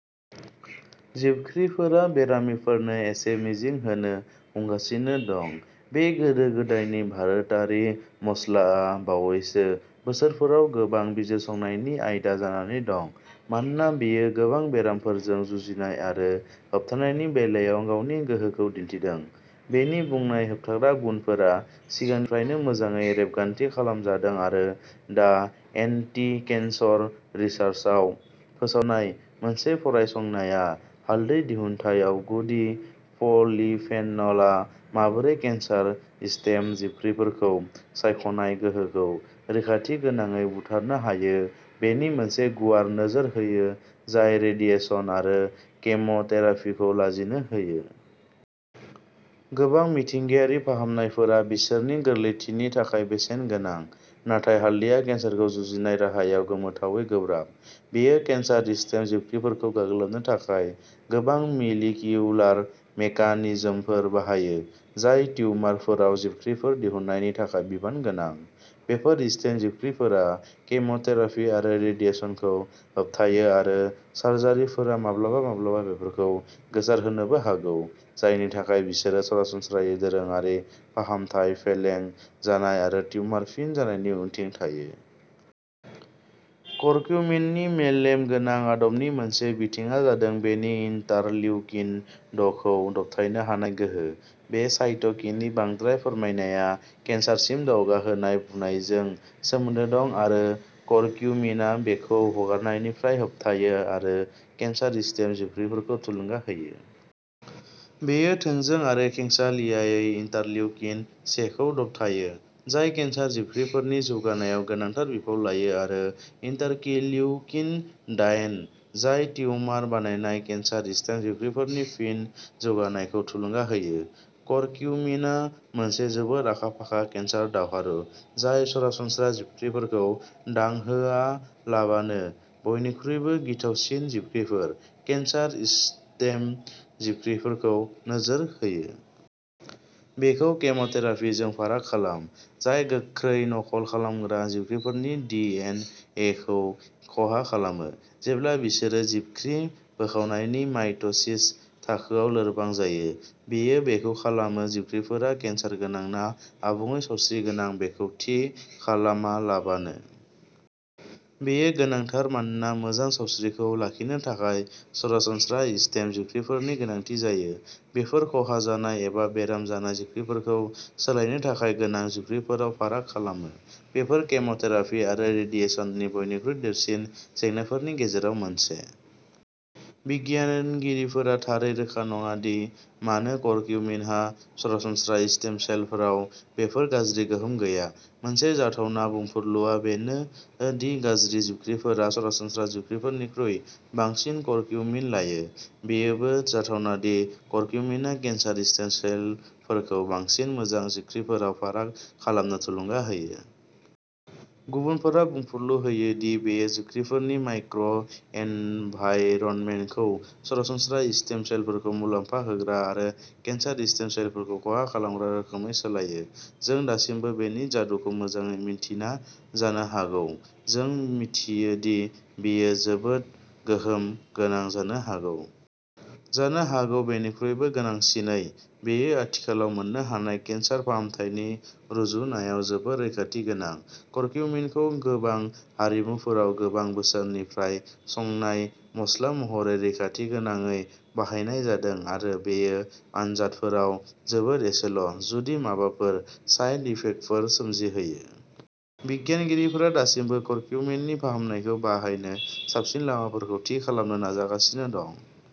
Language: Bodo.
जिबख्रिफोरा बेरामिफोरनो एसे मिजिं होनो हमगासिनो दं। बे गोदो गोदायनि भारतारि मस्लाआ बावैसो बोसोरफोराव गोबां बिजिरसंनायनि आयदा जानानै दं मानोना बेयो गोबां बेरामफोरजों जुजिनाय आरो होबथानायनि बेलायाव गावनि गोहोखौ दिन्थिदों। बेनि बुंनाय होबथाग्रा गुनफोरा सिगांनिफ्रायनो मोजाङै रेबगान्थि खालामजादों आरो दा एन्टिकेन्सर रिसार्सआव फोसावजानाय मोनसे फरायसंनाया हालदै दिहुनथायाव गुदि पलिफेनलआ माबोरै केन्सार स्टेम जिबख्रिफोरखौ सायख'नाय गोहोखौ रैखाथिगोनाङै बुथारनो हायो बेनि मोनसे गुवार नोजोर होयो जाय रेडिएसन आरो केम'थेरापिखौ लाजिनो होयो। गोबां मिथिंगायारि फाहामनायफोरा बिसोरनि गोरलैथिनि थाखाय बेसेन गोनां, नाथाय हालदैया केन्सारजों जुजिनाय राहायाव गोमोथावै गोब्राब। बेयो केन्सार स्टेम जिबख्रिफोरखौ गाग्लोबनो थाखाय गोबां मलिकिउलार मेकानिजमफोर बाहायो, जाय टिउमारफोराव जिबख्रिफोर दिहुननायनि थाखाय बिबान गोनां। बेफोर स्टेम जिबख्रिफोरा केम'थेरापि आरो रेडिएसनखौ होबथायो आरो सार्जारिफोरा माब्लाबा माब्लाबा बेफोरखौ गोसारहोनोबो हागौ, जायनि थाखाय बिसोरो सरासनस्रायै दोरोङारि फाहामथाय फेलें जानाय आरो टिउमार फिन जानायनि उनथिं थायो। करक्यूमिननि मेलेम गोनां आदबनि मोनसे बिथिंआ जादों बेनि इन्टारलिउकिन द'खौ दबथायनो हानाय गोहो। बे साइट'किनि बांद्राय फोरमायनाया केन्सारसिम दावगाहोनाय बुनायजों सोमोन्दो दं आरो करक्यूमिनआ बेखौ हगारनायनिफ्राय होबथायो आरो केन्सार स्टेम जिबख्रिफोरखौ थुलुंगा होयो। बेयो थोंजों आरो खेंसालियायै इन्टारलिउकिन सेखौ दबथायो, जाय केन्सार जिबख्रिफोरनि जौगानायाव गोनांथार बिफाव लायो आरो इन्टारकिलिउकिन दाइन, जाय टिउमार बानायनाय केन्सार स्टेम जिबख्रिफोरनि फिन जौगानायखौ थुलुंगा होयो। करक्यूमिनआ मोनसे जोबोद आखा फाखा केन्सार दावहारु, जाय सरासनस्रा जिबख्रिफोरखौ दांहोआलाबानो बयनिख्रुइबो गिथावसिन जिबख्रिफोर, केन्सार स्टेम जिबख्रिफोरखौ नोजोर होयो। बेखौ केम'थेरापिजों फाराग खालाम, जाय गोख्रै नकल खालामग्रा जिबख्रिफोरनि डि एन एखौ खहा खालामो, जेब्ला बिसोरो जिबख्रि बोखावनायनि माइट'सिस थाखोआव लोरबां जायो। बेयो बेखौ खालामो जिबख्रिफोरा केन्सार गोनां ना आबुङै सावस्रिगोनां बेखौ थि खालामालाबानो। बेयो गोनांथार मानोना मोजां सावस्रिखौ लाखिनो थाखाय सरासनस्रा स्टेम जिबख्रिफोरनि गोनांथि जायो। बेफोर खहा जानाय एबा बेराम जानाय जिबख्रिफोरखौ सोलायनो थाखाय गोनां जिबख्रिफोराव फाराग खालामो, बेफोर केम'थेरापि आरो रेडिएसननि बयनिख्रुइ देरसिन जेंनाफोरनि गेजेराव मोनसे। बिगियानगिरिफोरा थारै रोखा नङा दि मानो करक्यूमिनहा सरासनस्रा स्टेम सेलफोराव बेफोर गाज्रि गोहोम गैया। मोनसे जाथावना बुंफुरलुआ बेनो दि गाज्रि जिबख्रिफोरा सरासनस्रा जिबख्रिफोरनिख्रुइ बांसिन करक्यूमिन लायो। बेयोबो जाथावना दि करक्यूमिनआ केन्सार स्टेम सेलफोरखौ बांसिन मोजां जिबख्रिफोराव फाराग खालामनो थुलुंगा होयो। गुबुनफोरा बुंफुरलु होयो दि बेयो जिबख्रिफोरनि माइक्र' एनभाइरनमेन्टखौ सरासनस्रा स्टेम सेलफोरखौ मुलाम्फा होग्रा आरो केन्सार स्टेम सेलफोरखौ खहा खालामग्रा रोखोमै सोलायो। जों दासिमबो बेनि जादुखौ मोजाङै मिन्थिना जानो हागौ, जों मिथियो दि बेयो जोबोद गोहोम गोनां जानो हागौ। जानो हागौ बेनिख्रुइबो गोनांसिनै, बेयो आथिखालाव मोन्नो हानाय केन्सार फाहामथायनि रुजुनायाव जोबोद रैखाथि गोनां। करक्यूमिनखौ गोबां हारिमुफोराव गोबां बोसोरफोरनिफ्राय संनाय मस्ला महरै रैखाथिगोनाङै बाहायनाय जादों आरो बेयो आनजादफोराव जोबोद एसेल', जुदि माबाफोर, साइड इफेक्टफोर सोमजिहोयो। बिगियानगिरिफोरा दासिमबो करक्यूमिननि फाहामनायखौ बाहायनो साबसिन लामाफोरखौ थि खालामनो नाजागासिनो दं।